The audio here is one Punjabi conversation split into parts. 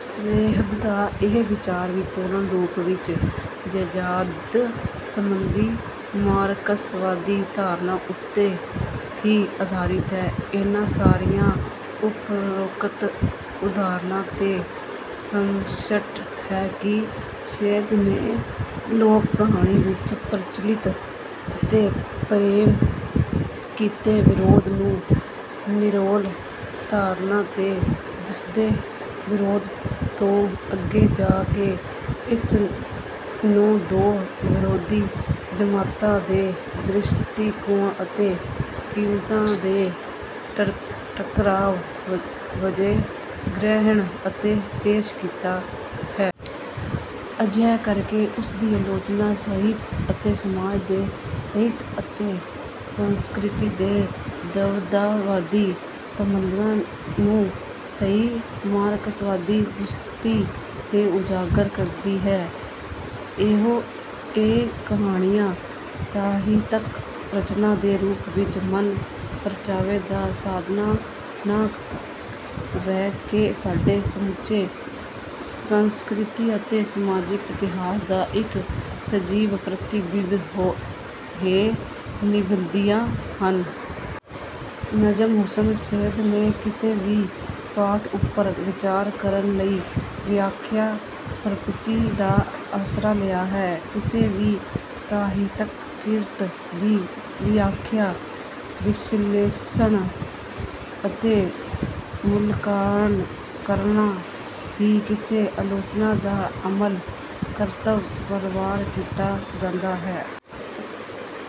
ਸੱਯਦ ਦਾ ਇਹ ਵਿਚਾਰ ਵੀ ਪੂਰਨ ਰੂਪ ਵਿੱਚ ਜਾਇਦਾਦ ਸੰਬੰਧੀ ਮਾਰਕਸਵਾਦੀ ਧਾਰਨਾ ਉੱਤੇ ਹੀ ਆਧਾਰਿਤ ਹੈ। ਇਨ੍ਹਾਂ ਸਾਰੀਆਂ ਉਪਰੋਕਤ ਉਦਾਹਰਣਾਂ ਤੋਂ ਸਪੱਸ਼ਟ ਹੈ ਕਿ ਸੱਯਦ ਨੇ ਲੋਕ-ਕਹਾਣੀ ਵਿੱਚ ਪ੍ਰਚਲਿਤ ਅਤੇ ਪੇਸ਼ ਕੀਤੇ ਵਿਰੋਧ ਨੂੰ ਨਿਰੋਲ ਪਾਤਰਾਂ ਦੇ ਦਿਸਦੇ ਵਿਰੋਧ ਤੋਂ ਅੱਗੇ ਜਾ ਕੇ, ਇਸਨੂੰ ਦੋ ਵਿਰੋਧੀ ਜਮਾਤਾਂ ਦੇ ਦ੍ਰਿਸ਼ਟੀਕੋਣ ਅਤੇ ਕੀਮਤਾਂ ਦੇ ਟਕਰਾਅ ਵਜੋਂ ਗ੍ਰਹਿਣ ਅਤੇ ਪੇਸ਼ ਕੀਤਾ ਹੈ। ਅਜਿਹਾ ਕਰਕੇ ਉਸਦੀ ਆਲੋਚਨਾ ਸਾਹਿਤ ਅਤੇ ਸਮਾਜ ਤੇ ਸਾਹਿਤ ਅਤੇ ਸੰਸਕ੍ਰਿਤੀ ਦੇ ਦਵੰਦਵਾਦੀ ਸੰਬੰਧਾਂ ਨੂੰ ਸਹੀ ਮਾਰਕਸਵਾਦੀ ਦ੍ਰਿਸ਼ਟੀ ਤੋਂ ਉਜਾਗਰ ਕਰਦੀ ਹੈ। ਇਉਂ, ਇਹ ਕਹਾਣੀਆਂ ਸਾਹਿਤਕ-ਰਚਨਾਵਾਂ ਦੇ ਰੂਪ ਵਿੱਚ ਮਨ-ਪ੍ਰਚਾਵੇ ਦਾ ਸਾਧਨ ਨਾ ਰਹਿ ਕੇ ਸਾਡੇ ਸਮੁੱਚੇ ਸੰਸਕ੍ਰਿਤਕ ਅਤੇ ਸਮਾਜਿਕ ਇਤਿਹਾਸ ਦਾ ਇੱਕ ਸਜੀਵ ਪ੍ਰਤੀਬਿੰਬ ਹੋ ਨਿੱਬੜਦੀਆਂ ਹਨ। ਨਜਮ ਹੁਸੈਨ ਸੱਯਦ ਨੇ ਕਿਸੇ ਵੀ ਪਾਠ ਉੱਪਰ ਵਿਚਾਰ ਕਰਨ ਲਈ ਵਿਆਖਿਆ ਪੱਧਤੀ ਦਾ ਆਸਰਾ ਲਿਆ ਹੈ। ਕਿਸੇ ਵੀ ਸਾਹਿਤਕ ਕਿਰਤ ਦੀ ਵਿਆਖਿਆ, ਵਿਸ਼ਲੇਸ਼ਣ ਅਤੇ ਮੁਲਾਂਕਣ ਕਰਨਾ ਹੀ ਕਿਸੇ ਆਲੋਚਕ ਦਾ ਅਸਲ ਕਰਤੱਵ ਪ੍ਰਵਾਨ ਕੀਤਾ ਜਾਂਦਾ ਹੈ।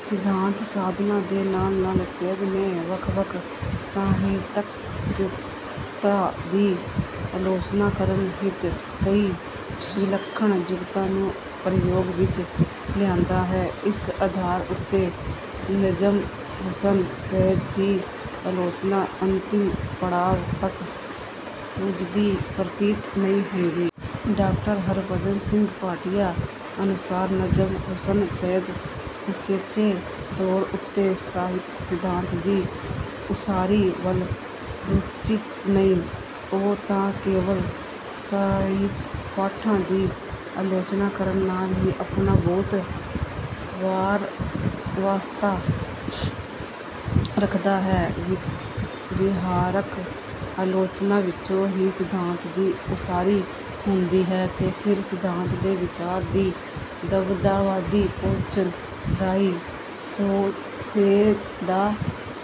ਸਿਧਾਂਤ ਸਥਾਪਨਾ ਦੇ ਨਾਲ-ਨਾਲ ਸੱਯਦ ਨੇ ਵੱਖ-ਵੱਖ ਸਾਹਿਤਕ ਕਿਰਤਾਂ ਦੀ ਆਲੋਚਨਾ ਕਰਨ ਹਿਤ, ਕਈ ਵਿਲੱਖਣ ਜੁਗਤਾਂ ਨੂੰ ਪ੍ਰਯੋਗ ਵਿੱਚ ਲਿਆਂਦਾ ਹੈ। ਇਸ ਆਧਾਰ ਉੱਤੇ ਨਜਮ ਹੁਸੈਨ ਸੱਯਦ ਦੀ ਆਲੋਚਨਾ ਅੰਤਿਮ ਪੜਾਅ ਤੱਕ ਪੁੱਜਦੀ ਪ੍ਰਤੀਤ ਨਹੀਂ ਹੁੰਦੀ। ਡਾ. ਹਰਿਭਜਨ ਸਿੰਘ ਭਾਟੀਆ ਅਨੁਸਾਰ, "ਨਜਮ ਹੁਸੈਨ ਸੱਯਦ ਉਚੇਚੇ ਤੌਰ ਉੱਤੇ ਸਾਹਿਤ-ਸਿਧਾਂਤ ਦੀ ਉਸਾਰੀ ਵੱਲ ਰੁਚਿਤ ਨਹੀਂ, ਉਹ ਤਾਂ ਕੇਵਲ ਸਾਹਿਤ-ਪਾਠਾਂ ਦੀ ਆਲੋਚਨਾ ਕਰਨ ਨਾਲ ਹੀ ਆਪਣਾ ਬਹੁਤਾ ਵਾਹ-ਵਾਸਤਾ ਰੱਖਦਾ ਹੈ।" ਵਿਹਾਰਕ ਆਲੋਚਨਾ ਵਿੱਚੋਂ ਹੀ ਸਿਧਾਂਤ ਦੀ ਉਸਾਰੀ ਹੁੰਦੀ ਹੈ ਤੇ ਫਿਰ ਸਿਧਾਂਤ ਤੇ ਵਿਹਾਰ ਦੀ ਦਵੰਦਵਾਦੀ ਪਹੁੰਚ ਰਾਹੀਂ ਸੋਧ ਦਾ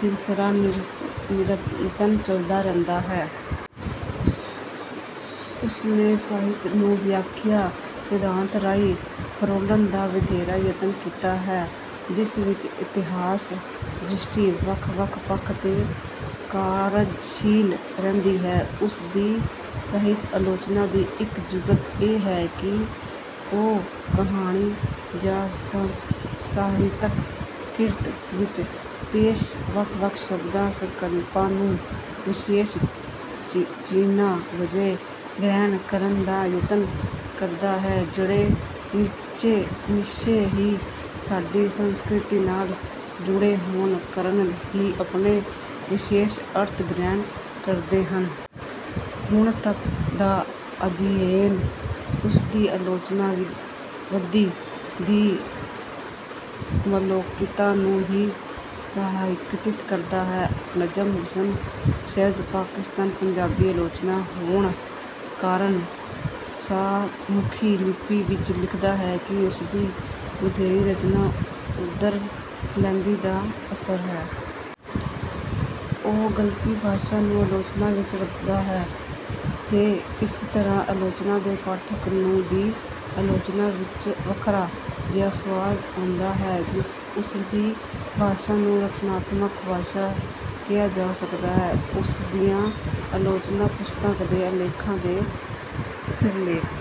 ਸਿਲਸਿਲਾ ਨਿਰੰਤਰ ਚਲਦਾ ਰਹਿੰਦਾ ਹੈ। ਉਸ ਨੇ ਸਾਹਿਤ ਨੂੰ ਵਿਆਖਿਆ ਸਿਧਾਂਤ ਰਾਹੀਂ ਫਰੋਲਣ ਦਾ ਵਧੇਰੇ ਯਤਨ ਕੀਤਾ ਹੈ ਜਿਸ ਵਿੱਚ ਇਤਿਹਾਸ ਦ੍ਰਿਸ਼ਟੀ ਵੱਖ-ਵੱਖ ਪੱਖ ਤੋਂ ਕਾਰਜਸ਼ੀਲ ਰਹਿੰਦੀ ਹੈ। ਉਸ ਦੀ ਸਾਹਿਤ ਆਲੋਚਨਾ ਦੀ ਇੱਕ ਜੁਗਤ ਇਹ ਹੈ ਕਿ ਉਹ ਕਹਾਣੀ ਜਾਂ ਸਾਹਿਤਕ ਕਿਰਤ ਵਿੱਚ ਪੇਸ਼ ਵੱਖ-ਵੱਖ ਸ਼ਬਦਾਂ, ਸੰਕਲਪਾਂ ਨੂੰ ਵਿਸ਼ੇਸ਼ ਚਿੰਨ੍ਹਾਂ ਵਜੋਂ ਗ੍ਰਹਿਣ ਕਰਨ ਦਾ ਯਤਨ ਕਰਦਾ ਹੈ, ਜਿਹੜੇ ਨਿਸ਼ਚੇ ਹੀ ਸਾਡੀ ਸੰਸਕ੍ਰਿਤੀ ਨਾਲ ਜੁੜੇ ਹੋਣ ਕਾਰਨ ਹੀ ਆਪਣੇ ਵਿਸ਼ੇਸ਼ ਅਰਥ ਗ੍ਰਹਿਣ ਕਰਦੇ ਹਨ। ਹੁਣ ਤੱਕ ਦਾ ਅਧਿਐਨ ਉਸਦੀ ਆਲੋਚਨਾ-ਵਿਧੀ ਦੀ ਮੌਲਿਕਤਾ ਨੂੰ ਹੀ ਸਥਾਪਿਤ ਕਰਦਾ ਹੈ। ਨਜਮ ਹੁਸੈਨ ਸੱਯਦ ਪਾਕਿਸਤਾਨੀ ਪੰਜਾਬੀ ਆਲੋਚਕ ਹੋਣ ਕਾਰਨ ਸ਼ਾਹਮੁਖੀ ਲਿਪੀ ਵਿੱਚ ਲਿਖਦਾ ਹੈ। ਉਸਦੀ ਵਧੇਰੇ ਰਚਨਾ ਉੱਪਰ ਲਹਿੰਦੀ ਦਾ ਅਸਰ ਹੈ। ਉਹ ਗਲਪੀ ਭਾਸ਼ਾ ਨੂੰ ਆਲੋਚਨਾ ਵਿੱਚ ਵਰਤਦਾ ਹੈ ਤੇ ਇਸ ਤਰ੍ਹਾਂ ਆਲੋਚਨਾ ਦੇ ਪਾਠਕ ਨੂੰ ਦੀ ਆਲੋਚਨਾ ਵਿੱਚੋਂ ਵੱਖਰਾ ਜਿਹਾ ਸੁਆਦ ਵੀ ਆਉਂਦਾ ਹੈ। ਉਸਦੀ ਭਾਸ਼ਾ ਨੂੰ 'ਰਚਨਾਤਮਕ ਭਾਸ਼ਾ' ਕਿਹਾ ਜਾ ਸਕਦਾ ਹੈ। ਉਸ ਦੀਆਂ ਆਲੋਚਨਾ ਪੁਸਤਕਾਂ ਦੇ ਲੇਖਾਂ ਦੇ ਸਿਰਲੇਖ